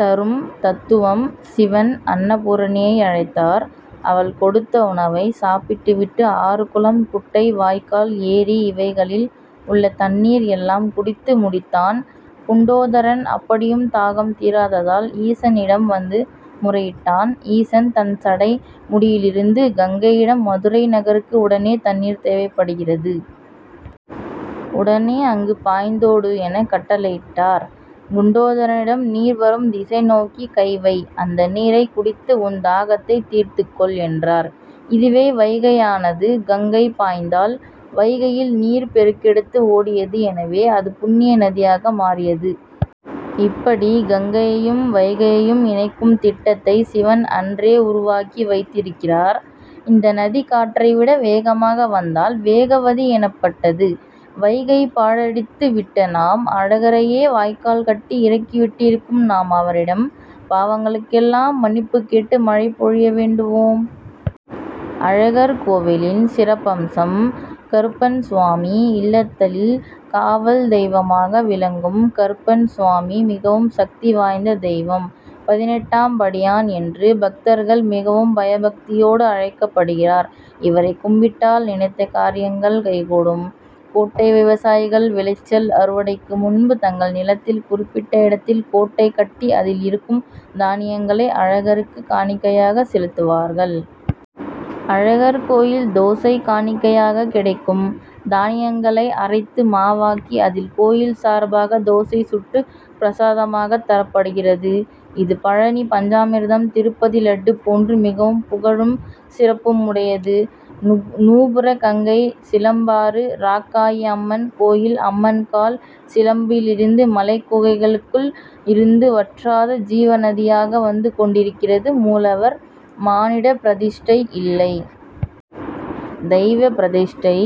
தரும் தத்துவம். சிவன் அன்னபூரணியை அழைத்தார். அவள் கொடுத்த உணவை சாப்பிட்டு விட்டு ஆறு குளம் குட்டை வாய்க்கால் ஏரி இவைகளில் உள்ள தண்ணீர் எல்லாம் குடித்து முடித்தான் குண்டோதரன். அப்படியும் தாகம் தீராததால் ஈசனிடம் வந்து முறையிட்டான். ஈசன் தன் சடை முடியிலிருந்த கங்கையிடம் மதுரை நகருக்கு உடனே தண்ணீர் தேவைப்படுகிறது. உடனே அங்கு பாய்ந்தோடு என கட்டளையிட்டார். குண்டோதரனிடம் நீர் வரும் திசைநோக்கி கை வை. அந்த நீரை குடித்து உன் தாகத்தை தீர்த்து கொள் என்றார். இதுவே வைகை ஆனது. கங்கை பாய்ந்ததால் வைகையில் நீர் பெருக்கெடுத்து ஓடியது. எனவே அது புண்ணிய நதியாக மாறியது. இப்படி கங்கையையும் வைகையையும் இணைக்கும் திட்டத்தை சிவன் அன்றே உருவாக்கி வைத்திருக்கிறார். இந்த நதி காற்றை விட வேகமாக வந்ததால் வேகவதி எனப்பட்டது. வைகையை பாழடித்து விட்ட நாம் அழகரையே வாய்க்கால் கட்டி இறக்கி விட்டிருக்கும் நாம் அவரிடம் பாவங்களுக்கெல்லாம் மன்னிப்பு கேட்டு மழை பொழிய வேண்டுவோம். அழகர்கோவிலின் சிறப்பம்சம் கருப்பண்ணசுவாமி இத்தலத்தில் காவல் தெய்வமாக விளங்கும் கருப்பண்ணசுவாமி மிகவும் சக்தி வாய்ந்த தெய்வம். பதினெட்டாம்படியான் என்று பக்தர்கள் மிகவும் பயபக்தியோடு அழைக்கப்படுகிறார். இவரை கும்பிட்டால் நினைத்த காரி யங்கள் கைகூடும். கோட்டை விவசாயிகள் விளைச்சல் அறுவடைக்கு முன்பு தங்கள் நிலத்தில் குறிப்பிட்ட இடத்தில் கோட்டை கட்டி அதில் இருக்கும் தானியங்களை அழகருக்கு காணிக்கையாக செலுத்துவார்கள். அழகர் கோயில் தோசை காணிக்கையாகக் கிடைக்கும் தானியங்களை அரைத்து மாவாக்கி அதில் கோயில் சார்பாக தோசை சுட்டு பிரசாதமாகத் தரப்படுகிறது. இது பழநி பஞ்சாமிர்தம் திருப்பதி லட்டு போன்று மிகவும் புகழும் சிறப்பும் உடையது. நூபுர கங்கை சிலம்பாறு ராக்காயி அம்மன் கோயில் அம்மன் கால் சிலம்பிலிருந்து மலைக்குகைக்குள் இருந்து வற்றாத ஜீவ நதியாக வந்து கொண்டிருக்கிறது மூலவர் மானிட பிரதிஷ்டை இல்லை. தெய்வ பிரதிஷ்டை.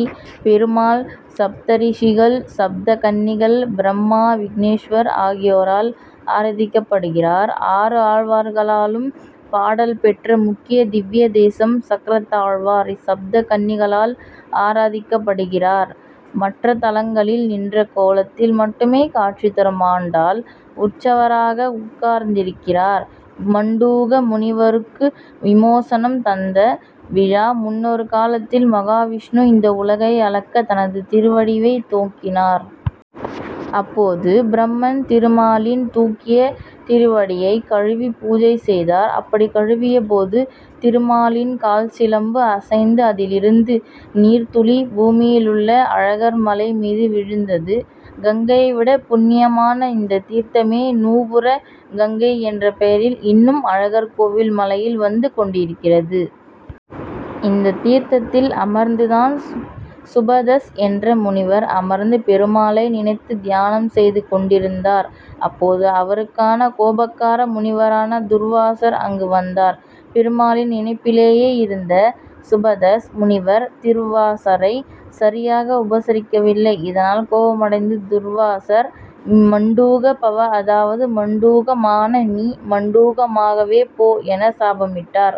பெருமாள் சப்தரி ஷிகள் சப்த கன்னிகள் பிரம்மா விக்னேஷ்வர் ஆகியோரால் ஆராதிக்கப்படுகிறார். ஆறு ஆழ்வார்களாலும் பாடல் பெற்ற முக்கிய திவ்ய தேசம் சக்கரத்தாழ்வார் சப்த கன்னிகளால் ஆராதிக்கப்படுகின்றார். மற்ற தலங்களில் நின்ற கோலத்தில் மட்டுமே காட்சி தரும் ஆண்டாள் உற்சவராக உட்கார்ந்திருக்கிறார். மண்டூக முனிவருக்கு விமோசனம் தந்த விழா முன்னொரு காலத்தில் மகாவிஷ்ணு இந்த உலகை அளக்க தனது திருவடியை தூக்கினார். அப்போது பிரம்மன் திருமாலின் தூக்கிய திருவடியை கழுவி பூஜை செய்தார். அப்படி கழுவிய போது திருமாலின் கால்சிலம்பு அசைந்து அதிலிருந்து நீர்த்துளி பூமியிலுள்ள அழகர்மலை மீது விழுந்தது. கங்கையை விட புண்ணியமான இந்த தீர்த்தமே நூபுர கங்கை என்ற பெயரில் இன்னும் அழகர் கோவில் மலையில் வந்து கொண்டிருக்கிறது. இந்த தீர்த்தத்தில் அமர்ந்து தான் சுபதஸ் என்ற முனிவர் அமர்ந்து பெருமாளை நினைத்து தியானம் செய்து கொண்டிருந் தார். அப்போது அவரைக்காண கோபக்கார முனிவரான துர்வாசர் அங்கு வந்தார். பெருமாளின் நினைப்பிலேயே இருந்த சுபதஸ் முனிவர் துர்வாசரை சரியாக உபசரிக்கவில்லை. இதனால் கோபமடைந்து துர்வாசர் மண்டூக பவ அதாவது மண்டூகமான நீ மண்டூகமாகவே போ என சாபமிட்டார்.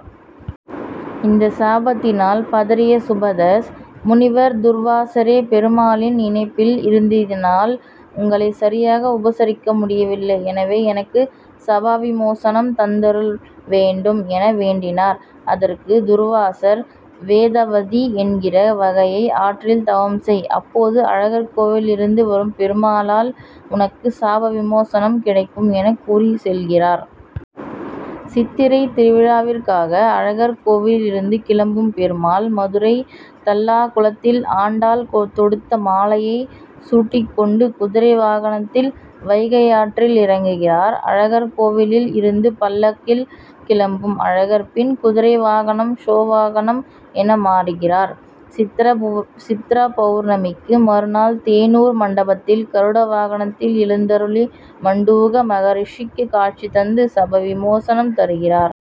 இந்த சாபத்தினால் பதறிய சுபதஸ் முனிவர் துர்வாசரே பெருமாளின் நினைப்பில் இருந்ததினால் உங்களை சரியாக உபசரிக்க முடியவில்லை எனவே எனக்கு சாபவிமோசனம் தந்தருள வேண்டும் என வேண்டினார். அதற்கு துர்வாசர் வேதவதி என்கிற வைகை ஆற்றில் தவம் செய். அப்போது அழகர்கோவிலிலிருந்து வரும் பெருமாளால் உனக்கு சாபவிமோசனம் கிடைக்கும் என கூறி செல்கிறார். சித்திரை திருவிழாவிற்காக அழகர்கோவிலிலிருந்து கிளம்பும் பெருமாள் மதுரை தல்லாகுளத்தில் ஆண்டாள் தொடுத்த மாலையை சூட்டிக்கொண்டு குதிரை வாகனத்தில் வைகை ஆற்றில் இறங்குகிறார். அழகர்கோவிலில் இருந்து பல்லக்கில் கிளம்பும் அழகர் பின் குதிரை வாகனம் சேஷவாகனம் என மாறுகிறார். சித்ராபவுர்ணமிக்கு மறுநாள் தேனூர் மண்டபத்தில் கருட வாகனத்தில் எழுந்தருளி மண்டூக மகரிஷிக்கு காட்சி தந்து சாபவிமோசனம் தருகிறார்.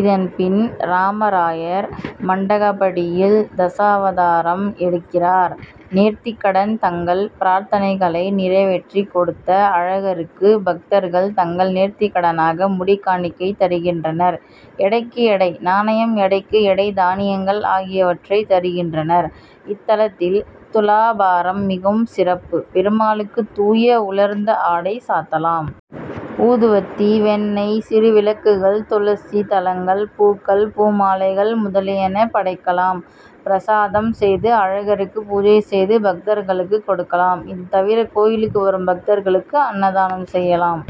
இதன் பின் ராமராயர் மண்டகப்படியில் தசாவதாரம் எடுக்கிறார். நேர்த்திக்கடன் தங்கள் பிரார்த்தனைகளை நிறைவேற்றி கொடுத்த அழகருக்கு பக்தர்கள் தங்கள் நேர்த்திக்கடனாக முடிக்காணிக்கை தருகின்றனர். எடைக்கு எடை நாணயம் எடைக்கு எடை தானியங்கள் ஆகியவற்றை தருகின்றனர். இத்தலத்தில் துலாபாரம் மிகவும் சிறப்பு. பெருமாளுக்கு தூய உலர்ந்த ஆடை சாத்தலாம். ஊதுவத்தி வெண்ணெய் சிறு விளக்குகள் துளசி தளங்கள் பூக்கள் பூமாலைகள் முதலியன படைக்கலாம். பிரசாதம் செய்து அழகருக்கு பூஜை செய்து பக்தர்களுக்கு கொடுக்கலாம். இது தவிர கோயிலுக்கு வரும் பக்தர்களுக்கு அன்னதானம் செய்யலாம்.